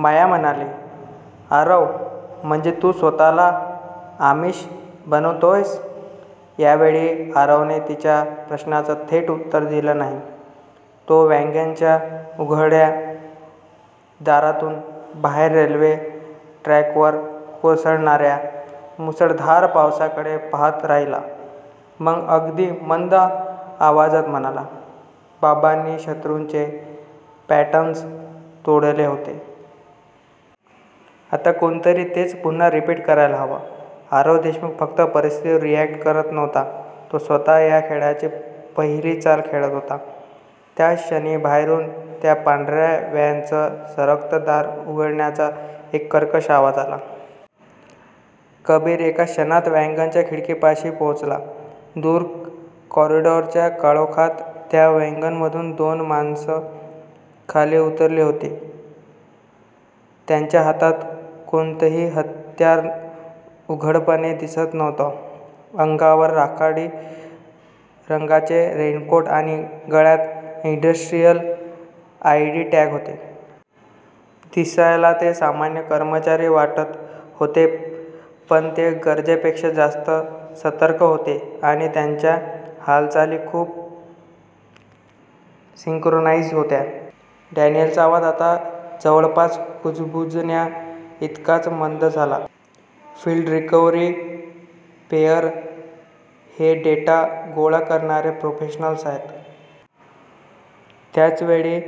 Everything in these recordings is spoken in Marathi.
माया म्हणाली, "आरव, म्हणजे तू स्वतःला आमिष बनवतोयस? " यावेळी आरवने तिच्या प्रश्नाचं थेट उत्तर दिलं नाही. तो वॅगनच्या उघड्या दारातून बाहेर रेल्वे ट्रॅकवर कोसळणाऱ्या मुसळधार पावसाकडे पाहत राहिला. मग अगदी मंद आवाजात म्हणाला, "बाबांनी शत्रूचे पॅटर्न्स तोडले होते. आता कोणीतरी तेच पुन्हा रिपीट करायला हवं." आरव देशमुख फक्त परिस्थितीवर रिअॅक्ट करत नव्हता. तो स्वतः या खेळाची पहिली चाल खेळत होता. त्याच क्षणी बाहेरून त्या पांढऱ्या व्हॅनचं सरकतं दार उघडल्याचा एक कर्कश आवाज आला. कबीर एका क्षणात वॅगनच्या खिडकीपाशी पोहोचला. दूर कॉरिडॉरच्या काळोखात त्या व्हॅनमधून दोन माणसं खाली उतरली होती. त्यांच्या हातात कोणतंही हत्यार उघडपणे दिसत नव्हतं. अंगावर राखाडी रंगाचे रेनकोट आणि गळ्यात इंडस्ट्रियल आयडी टॅग्ज होते. दिसायला ते सामान्य कर्मचारी वाटत होते, पण ते गरजेपेक्षा जास्त सतर्क होते आणि त्यांच्या हालचाली खूप सिंक्रोनाइज्ड होत्या. डॅनियलचा आवाज आता जवळपास कुजबुजण्याइतकाच मंद झाला, "फील्ड रिकव्हरी पेअर हे डेटा गोळा करणारे प्रोफेशनल्स आहेत." त्याच वेळी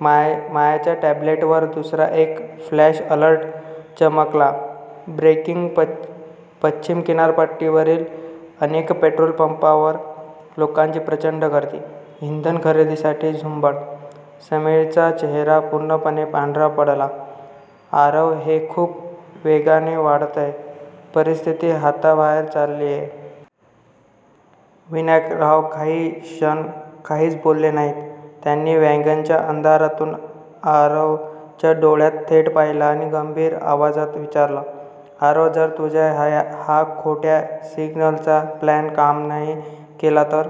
मायाच्या टॅब्लेटवर दुसरा एक फ्लॅश अलर्ट चमकला ब्रेकिंग पश्चिम किनारपट्टीवरील अनेक पेट्रोल पंपांवर लोकांची प्रचंड गर्दी. इंधन खरेदीसाठी झुंबड. समीरचा चेहरा पूर्णपणे पांढरा पडला, "आरव, हे खूप वेगाने वाढतंय. परिस्थिती हाताबाहेर चाललीये." विनायकराव काही क्षण काहीच बोलले नाहीत. त्यांनी वॅगनच्या अंधारातून आरवच्या डोळ्यात थेट पाहिलं आणि गंभीर आवाजात विचारलं, "आरव, जर तुझा हा खोट्या सिग्नल्सचा प्लॅन काम नाही केला तर?"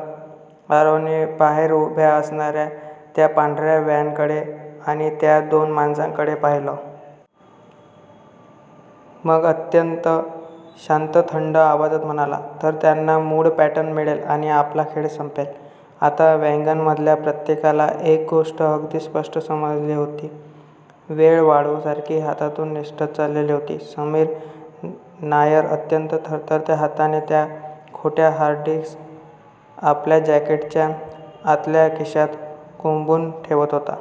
आरवने बाहेर उभ्या असलेल्या त्या पांढऱ्या व्हॅनकडे आणि त्या दोन माणसांकडे पाहिलं. मग अत्यंत शांत, थंड आवाजात म्हणाला, "तर त्यांना मूळ पॅटर्न मिळेल आणि आपला खेळ संपेल." आता वॅगनमधल्या प्रत्येकाला एक गोष्ट अगदी स्पष्ट समजली होती, वेळ वाळूसारखी हातातून निसटत चालली होती. समीर नायर अत्यंत थरथरत्या हाताने त्या खोट्या हार्डडिस्क आपल्या जॅकेटच्या आतल्या खिशात कोंबून ठेवत होता.